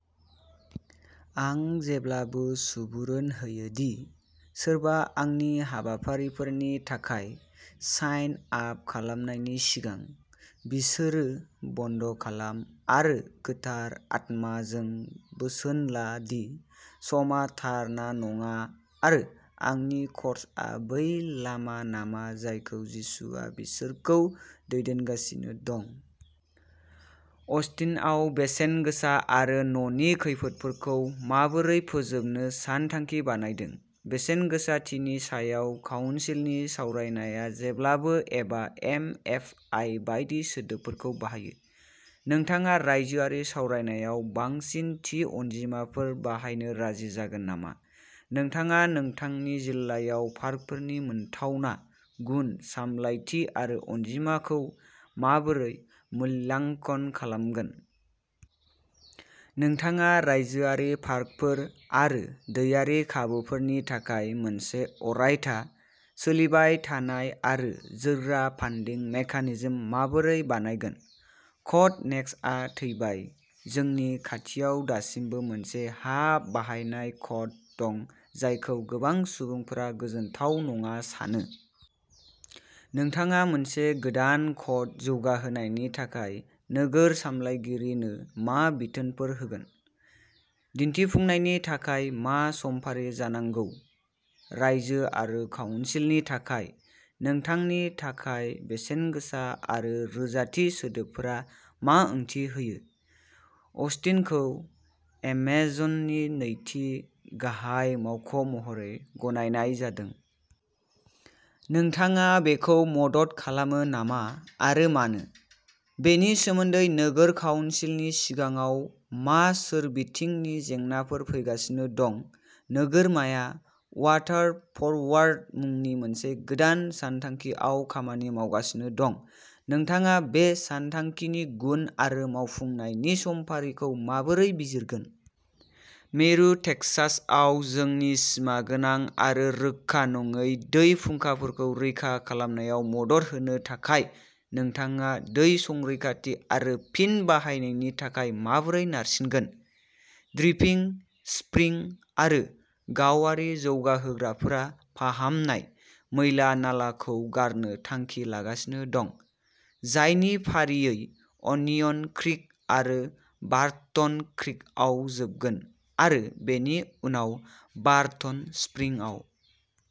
आं जेब्लाबो सुबुरुन होयो दि सोरबा आंनि हाबाफारिफोरनि थाखाय साइन आप खालामनायनि सिगां, बिसोरो बन्द'खालाम आरो गोथार आत्माजों बोसोन ला दि समआ थार ना नङा आरो आंनि कर्सआ बै लामा नामा जायखौ जिसुआ बिसोरखौ दैदेनगासिनो दं। अस्टिनआव बेसेनगोसा आरो न'नि खैफोदफोरखौ माबोरै फोजोबनो सानथांखि बानायदों? बेसेनगोसाथिनि सायाव काउनसिलनि सावरायनाया जेब्लाबो एबा एमएफआइ बायदि सोदोबफोरखौ बाहायो। नोंथाङा रायजोआरि सावरायनायाव बांसिन थि अनजिमाफोर बाहायनो राजि जागोन नामा? नोंथाङा नोंथांनि जिल्लायाव पार्कफोरनि मोनथावना, गुन, सामलायथि आरो अनजिमाखौ माबोरै मूल्याङ्कन खालामगोन? नोंथाङा रायजोआरि पार्कफोर आरो दैआरि खाबुफोरनि थाखाय मोनसे अरायथा, सोलिबाय थानाय आरो जोरग्रा फान्डिं मेकानिजम माबोरै बानायगोन? क'ड नेक्सटआ थैबाय। जोंनि खाथियाव दासिमबो मोनसे हा बाहायनाय क'ड दं जायखौ गोबां सुबुंफोरा गोजोनथाव नङा सानो। नोंथाङा मोनसे गोदान क'ड जौगाहोनायनि थाखाय नोगोर सामलायगिरिनो मा बिथोनफोर होगोन? दिन्थिफुंनायनि थाखाय मा समफारि जानांगौ? राइजो आरो काउनसिलनि थाखाय? नोंथांनि थाखाय बेसेनगोसा आरो रोजाथि सोदोबफोरा मा ओंथि होयो? अस्टिनखौ एमेजननि नैथि गाहाय मावख'महरै गनायनाय जादों। नोंथाङा बेखौ मदद खालामो नामा, आरो मानो? बेनि सोमोनदै नोगोर काउनसिलनि सिगाङाव मा सोरबिथिंनि जेंनाफोर फैगासिनो दं? नोगोरमाया वाटार फरवार्ड मुंनि मोनसे गोदान सानथांखिआव खामानि मावगासिनो दं। नोंथाङा बे सानथांखिनि गुन आरो मावफुंनायनि समफारिखौ माबोरै बिजिरगोन? मिरु टेक्सासआव जोंनि सिमागोनां आरो रोखा नङै दै फुंखाफोरखौ रैखा खालामनायाव मदद होनो थाखाय नोंथाङा दै संरैखाथि आरो फिन बाहायनायनि थाखाय माबोरै नारसिनगोन? ड्रिपिं स्प्रिं आरो गावारि जौगाहोग्राफोरा फाहामनाय मैला-नालाखौ गारनो थांखि लागासिनो दं, जाय फारियै अनियन क्रिक आरो बार्टन क्रिकआव जोबगोन, आरो बेनि उनाव बार्टन स्प्रिंआव।